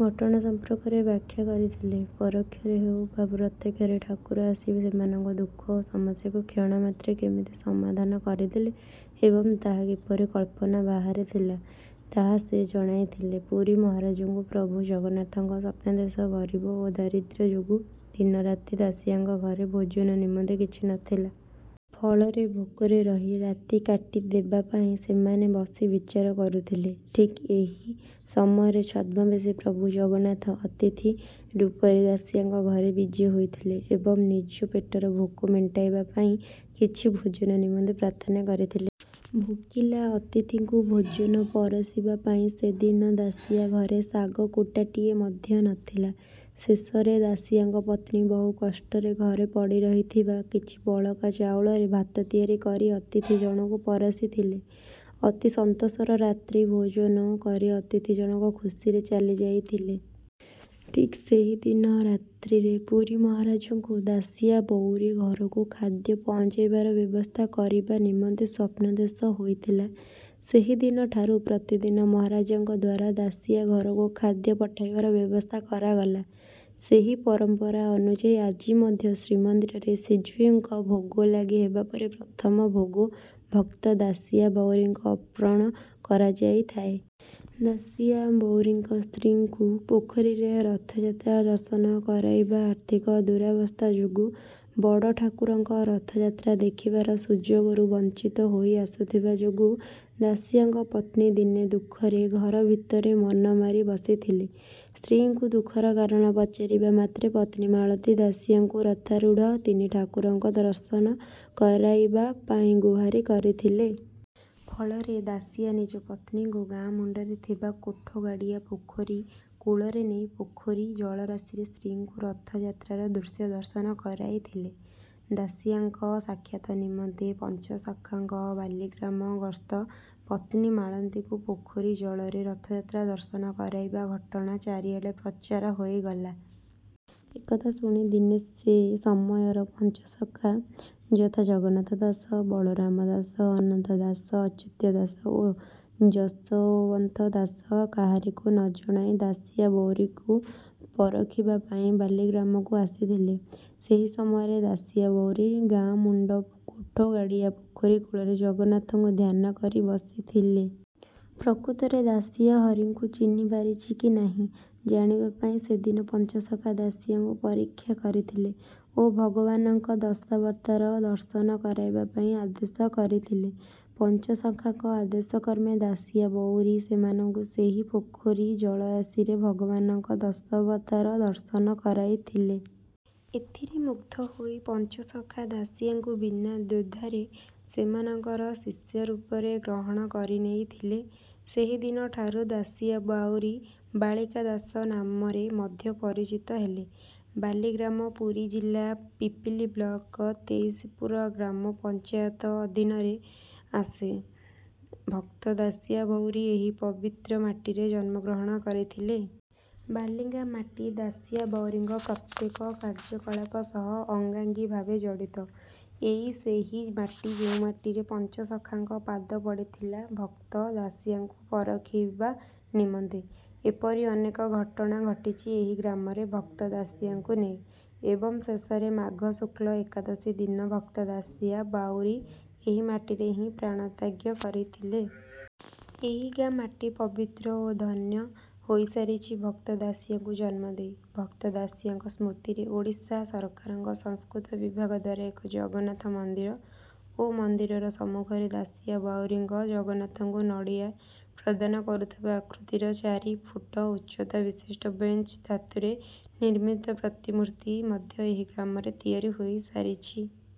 ଘଟଣା ସମ୍ପର୍କରେ ବ୍ୟାଖ୍ୟା କରିଥିଲେ। ପରୋକ୍ଷରେ ହେଉ ବା ପ୍ରତ୍ୟକ୍ଷରେ ଠାକୁର ଆସି ସେମାନଙ୍କ ଦୁଃଖ ଓ ସମସ୍ୟାକୁ କ୍ଷଣମାତ୍ରେ କେମିତି ସମାଧାନ କରିଦେଲେ ଏବଂ ତାହା କିପରି କଳ୍ପନା ବାହାରେ ଥିଲା ତାହା ସେ ଜଣାଇଥିଲେ। ପୁରୀ ମହାରାଜାଙ୍କୁ ପ୍ରଭୁ ଜଗନ୍ନାଥଙ୍କ ସ୍ୱପ୍ନାଦେଶ ଗରୀବ ଓ ଦାରିଦ୍ର୍ୟ ଯୋଗୁଁ ଦିନେ ରାତିରେ ଦାସିଆଙ୍କ ଘରେ ଭୋଜନ ନିମନ୍ତେ କିଛି ନଥିଲା। ଫଳରେ ଭୋକରେ ରହି ରାତି କାଟି ଦେବା ପାଇଁ ସେମାନେ ବସି ବିଚାର କରୁଥିଲେ। ଠିକ୍ ଏହି ସମୟରେ ଛଦ୍ମବେଶୀ ପ୍ରଭୁ ଜଗନ୍ନାଥ ଅତିଥି ରୂପରେ ଦାସିଆଙ୍କ ଘରେ ବିଜେ ହୋଇଥିଲେ ଏବଂ ନିଜ ପେଟର ଭୋକ ମେଣ୍ଟାଇବା ପାଇଁ କିଛି ଭୋଜନ ନିମନ୍ତେ ପ୍ରାର୍ଥନା କରିଥିଲେ। ଭୋକିଲା ଅତିଥିଙ୍କୁ ଭୋଜନ ପରସିବା ପାଇଁ ସେଦିନ ଦାସିଆ ଘରେ ଶାଗ କୂଟାଟିଏ ମଧ୍ୟ ନଥିଲା। ଶେଷରେ ଦାସିଆଙ୍କ ପତ୍ନୀ ବହୁ କଷ୍ଟରେ ଘରେ ପଡ଼ିରହିଥିବା କିଛି ବଳକା ଚାଉଳରେ ଭାତ ତିଆରି କରି ଅତିଥି ଜଣଙ୍କୁ ପରସିଥିଲେ। ଅତି ସନ୍ତୋଷରେ ରାତ୍ରି ଭୋଜନ କରି ଅତିଥି ଜଣକ ଖୁସିରେ ଚାଲିଯାଇଥିଲେ। ଠିକ୍ ସେହିଦିନ ରାତ୍ରିରେ ପୁରୀ ମହାରାଜାଙ୍କୁ ଦାସିଆ ବାଉରୀ ଘରକୁ ଖାଦ୍ୟ ପହଞ୍ଚାଇବାର ବ୍ୟବସ୍ଥା କରିବା ନିମନ୍ତେ ସ୍ୱପ୍ନାଦେଶ ହୋଇଥିଲା। ସେହିଦିନ ଠାରୁ ପ୍ରତିଦିନ ମହାରାଜାଙ୍କ ଦ୍ୱାରା ଦାସିଆ ଘରକୁ ଖାଦ୍ୟ ପଠାଇବାର ବ୍ୟବସ୍ଥା କରାଗଲା। ସେହି ପରମ୍ପରା ଅନୁଯାୟୀ ଆଜି ମଧ୍ୟ ଶ୍ରୀମନ୍ଦିରରେ ଶ୍ରୀଜିଉଙ୍କ ଭୋଗ ଲାଗି ହେବା ପରେ ପ୍ରଥମ ଭୋଗ ଭକ୍ତ ଦାସିଆ ବାଉରୀଙ୍କୁ ଅପ୍ରଣ କରାଯାଇଥାଏ। ଦାସିଆ ବାଉରୀଙ୍କ ସ୍ତ୍ରୀଙ୍କୁ ପୋଖରୀରେ ରଥଯାତ୍ରା ଦର୍ଶନ କରାଇବା ଆର୍ଥିକ ଦୁରାବସ୍ଥା ଯୋଗୁଁ ବଡ଼ ଠାକୁରଙ୍କ ରଥଯାତ୍ରା ଦେଖିବାର ସୁଯୋଗରୁ ବଞ୍ଚିତ ହୋଇ ଆସୁଥିବା ଯୋଗୁଁ ଦାସିଆଙ୍କ ପତ୍ନୀ ଦିନେ ଦୁଃଖରେ ଘର ଭିତରେ ମନ ମାରି ବସିଥିଲେ। ସ୍ତ୍ରୀଙ୍କୁ ଦୁଃଖର କାରଣ ପଚାରିବା ମାତ୍ରେ ପତ୍ନୀ ମାଳତୀ ଦାସିଆଙ୍କୁ ରଥାରୂଢ଼ ତିନି ଠାକୁରଙ୍କ ଦର୍ଶନ କରାଇବା ପାଇଁ ଗୁହାରି କରିଥିଲେ। ଫଳରେ ଦାସିଆ ନିଜ ପତ୍ନୀଙ୍କୁ ଗାଁ ମୁଣ୍ଡରେ ଥିବା ଗୋଠଗାଡ଼ିଆ ପୋଖରୀ କୂଳକୁ ନେଇ ପୋଖରୀ ଜଳରାଶିରେ ସ୍ତ୍ରୀଙ୍କୁ ରଥଯାତ୍ରାର ଦୃଶ୍ୟ ଦର୍ଶନ କରାଇଥିଲେ। ଦାସିଆଙ୍କ ସାକ୍ଷାତ ନିମନ୍ତେ ପଞ୍ଚସଖାଙ୍କ ବାଲିଗ୍ରାମ ଗସ୍ତ ପତ୍ନୀ ମାଳତୀଙ୍କୁ ପୋଖରୀ ଜଳରେ ରଥଯାତ୍ରା ଦର୍ଶନ କରାଇବା ଘଟଣା ଚାରିଆଡ଼େ ପ୍ରଚାର ହୋଇଗଲା। ଏ କଥା ଶୁଣି ଦିନେ ସେ ସମୟର ପଞ୍ଚସଖା ଯଥା ଜଗନ୍ନାଥ ଦାସ ବଳରାମ ଦାସ ଅନନ୍ତ ଦାସ ଅଚ୍ୟୁତ ଦାସ ଓ ଯଶୋବନ୍ତ ଦାସ କାହାରିକୁ ନଜଣାଇ ଦାସିଆ ବାଉରୀକୁ ପରଖିବା ପାଇଁ ବାଲିଗ୍ରାମକୁ ଆସିଥିଲେ। ସେହି ସମୟରେ ଦାସିଆ ବାଉରୀ ଗାଁ ମୁଣ୍ଡ ଗୋଠଗାଡ଼ିଆ ପୋଖରୀ କୂଳରେ ଜଗନ୍ନାଥଙ୍କୁ ଧ୍ୟାନ କରି ବସିଥିଲେ। ପ୍ରକୃତରେ ଦାସିଆ ହରିଙ୍କୁ ଚିହ୍ନି ପାରିଛି କି ନାହିଁ ଜାଣିବା ପାଇଁ ସେଦିନ ପଞ୍ଚସଖା ଦାସିଆଙ୍କୁ ପରୀକ୍ଷା କରିଥିଲେ ଓ ଭଗବାନଙ୍କ ଦଶାବତାର ଦର୍ଶନ କରାଇବା ପାଇଁ ଆଦେଶ କରିଥିଲେ। ପଞ୍ଚସଖାଙ୍କ ଆଦେଶ କ୍ରମେ ଦାସିଆ ବାଉରୀ ସେମାନଙ୍କୁ ସେହି ପୋଖରୀ ଜଳରାଶିରେ ଭଗବାନଙ୍କ ଦଶାବତାର ଦର୍ଶନ କରାଇଥିଲେ। ଏଥିରେ ମୁଗ୍ଧ ହୋଇ ପଞ୍ଚସଖା ଦାସିଆଙ୍କୁ ବିନା ଦ୍ୱିଧାରେ ସେମାନଙ୍କର ଶିଷ୍ୟ ରୂପରେ ଗ୍ରହଣ କରିନେଇଥିଲେ। ସେହିଦିନ ଠାରୁ ଦାସିଆ ବାଉରୀ ବାଳିକା ଦାସ ନାମରେ ମଧ୍ୟ ପରିଚିତ ହେଲେ। ବାଲିଗ୍ରାମ ପୁରୀ ଜିଲ୍ଲା ପିପିଲି ବ୍ଲକର ତେଇସିପୁର ଗ୍ରାମ ପଞ୍ଚାୟତ ଅଧୀନରେ ଆସେ। ଭକ୍ତ ଦାସିଆ ବାଉରୀ ଏହି ପବିତ୍ର ମାଟିରେ ଜନ୍ମଗ୍ରହଣ କରିଥିଲେ। ବାଲିଗାଁ ମାଟି ଦାସିଆ ବାଉରୀଙ୍କ ପ୍ରତ୍ୟେକ କାର୍ଯ୍ୟକଳାପ ସହ ଅଙ୍ଗାଙ୍ଗୀ ଭାବେ ଜଡ଼ିତ। ଇଏ ସେହି ମାଟି ଯେଉଁ ମାଟିରେ ପଞ୍ଚସଖାଙ୍କ ପାଦ ପଡ଼ିଥିଲା ଭକ୍ତ ଦାସିଆଙ୍କୁ ପରଖିବା ନିମନ୍ତେ। ଏପରି ଅନେକ ଘଟଣା ଘଟିଛି ଏହି ଗ୍ରାମରେ ଭକ୍ତ ଦାସିଆଙ୍କୁ ନେଇ। ଏବଂ ଶେଷରେ ମାଘ ଶୁକ୍ଳ ଏକାଦଶୀ ଦିନ ଭକ୍ତ ଦାସିଆ ବାଉରୀ ଏହି ମାଟିରେ ହିଁ ପ୍ରାଣ ତ୍ୟାଗ କରିଥିଲେ। ଏହି ଗାଁ ମାଟି ପବିତ୍ର ଓ ଧନ୍ୟ ହୋଇସାରିଛି ଭକ୍ତ ଦାସିଆଙ୍କୁ ଜନ୍ମ ଦେଇ। ଭକ୍ତ ଦାସିଆଙ୍କ ସ୍ମୃତିରେ ଓଡ଼ିଶା ସରକାରଙ୍କ ସଂସ୍କୃତି ବିଭାଗ ଦ୍ୱାରା ଏକ ଜଗନ୍ନାଥ ମନ୍ଦିର ଓ ମନ୍ଦିର ସମ୍ମୁଖରେ ଦାସିଆ ବାଉରୀଙ୍କ ଜଗନ୍ନାଥଙ୍କୁ ନଡ଼ିଆ ପ୍ରଦାନ କରୁଥିବା ଆକୃତିର ଚାରି ଫୁଟ ଉଚ୍ଚତା ବିଶିଷ୍ଟ ବ୍ରୋଞ୍ଜ ଧାତୁରେ ନିର୍ମିତ ପ୍ରତିମୂର୍ତ୍ତି ମଧ୍ୟ ଏହି ଗ୍ରାମରେ ତିଆରି ହୋଇସାରିଛି।